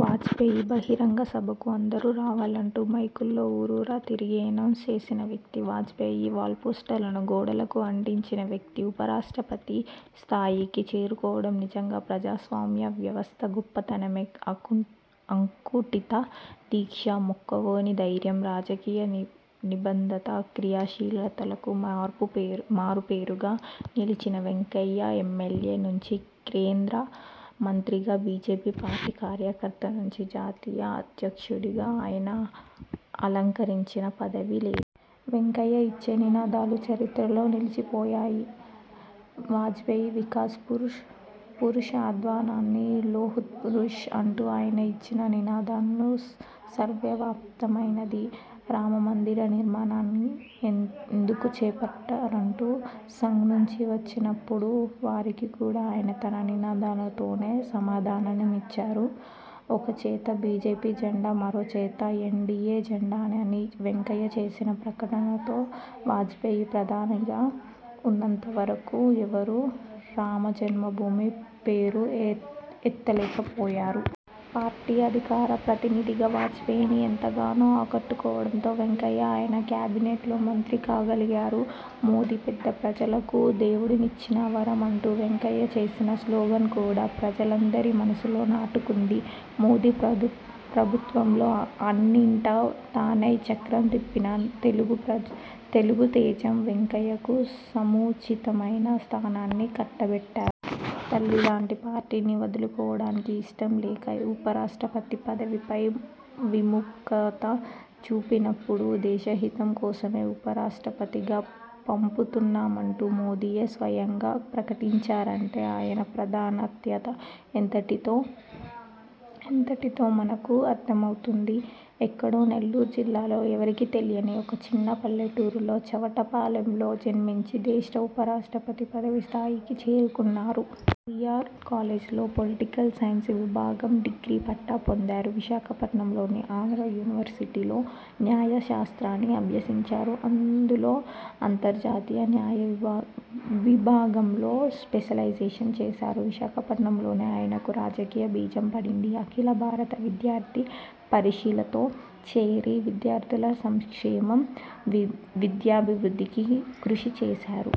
వాజ్పేయి బహిరంగ సభకు అందరూ రావాలంటూ మైకులో ఊరూరా తిరిగి ఎనౌన్స్ చేసిన వ్యక్తి, వాజ్పేయి వాల్పోస్టర్లను గోడలకు అంటించిన వ్యక్తి, ఉపరాష్ట్రపతి స్థాయికి చేరుకోవడం నిజంగా ప్రజాస్వామ్య వ్యవస్థ గొప్పతనమే అంకుఠిత దీక్ష, మొక్కవోని ధైర్యం, రాజకీయ నిబద్ధత, క్రియాశీలతలకు మారు పేరుగా నిలిచిన వెంకయ్య ఎమ్మెల్యే నుంచి కేంద్ర మంత్రిగా బీజేపీ పార్టీ కార్యకర్త నుంచి జాతీయ అధ్యక్షుడిగా ఆయన అలకరించని పదవి లేదు. వెంకయ్య ఇచ్చే నినాదాలు చరిత్రలో నిలిచిపోయాయి. వాజ్పేయి వికాస్ పురుష్, అద్వానీ లోహ్పురుష్ అంటూ ఆయన ఇచ్చిన నినాదం సర్వవ్యాప్తమైంది. రామమందిర నిర్మాణాన్ని ఎందుకు చేపట్టరంటూ సంఘ్ నుంచి వచ్చినప్పుడు వారికి కూడా ఆయన తన నినాదంతోనే సమాధానమిచ్చారు. ఒక చేత బిజెపి జెండా, మరో చేత ఎన్డిఏ ఎజెండా అని వెంకయ్య చేసిన ప్రకటనతో వాజ్పేయి ప్రధానిగా ఉన్నంతవరకూ ఎవరూ రామజన్మభూమి పేరు ఎత్తలేకపోయారు. పార్టీ అధికార ప్రతినిధిగా వాజ్పేయిని ఎంతగానో ఆకట్టుకోవడంతో వెంకయ్య ఆయన క్యాబినెట్లో మంత్రి కాగలిగారు. మోదీ పేద ప్రజలకు దేవుడిచ్చిన వరం అంటూ వెంకయ్య చేసిన స్లోగన్ కూడా ప్రజలందరి మనస్సుల్లో నాటుకుంది. మోదీ ప్రభుత్వంలో అన్నింటా తానై చక్కం తిప్పిన తెలుగు తేజం వెంకయ్యకు సముచితమైన స్థానాన్ని కట్టబెట్టారు. తల్లిలాంటి పార్టీని వదులుకోవడానికి ఇష్టం లేక ఉపరాష్ట్రపతి పదవిపై విముఖత చూపినప్పుడు దేశ హితం కోసమే ఉపరాష్ట్రపతిగా పంపుతున్నామంటూ మోదీయే స్వయంగా ప్రకటించారంటే ఆయన ప్రాధాన్యత ఎంతటితో మనకు అర్ధమవుతుంది. ఎక్కడో నెల్లూరు జిల్లాలో ఎవరికీ తెలియని ఒక చిన్న పల్లెటూరు చవటపాలెంలో జన్మించి దేశ ఉప రాష్ట్రపతి పదవి స్థాయికి చేరుకున్నారు. వీఆర్ కాలేజీలో పొలిటికల్ సైన్స్ విభాగం డిగ్రీ పట్టా పొందారు. విశాఖపట్టణంలోని ఆంధ్రా యూనివర్సిటీలో న్యాయ శాస్త్రాన్ని అభ్యసించారు. అందులో అంతర్జాతీయ న్యాయ విభాగంలో స్పెషలైజేషన్ చేశారు. విశాఖపట్టణంలోనే ఆయనకు రాజకీయ బీజం పడింది. అఖిల భారత విద్యార్థి పరిషత్లో చేరి విద్యార్థుల సంక్షేమం. విద్యాభివృద్ధికి కృషి చేశారు.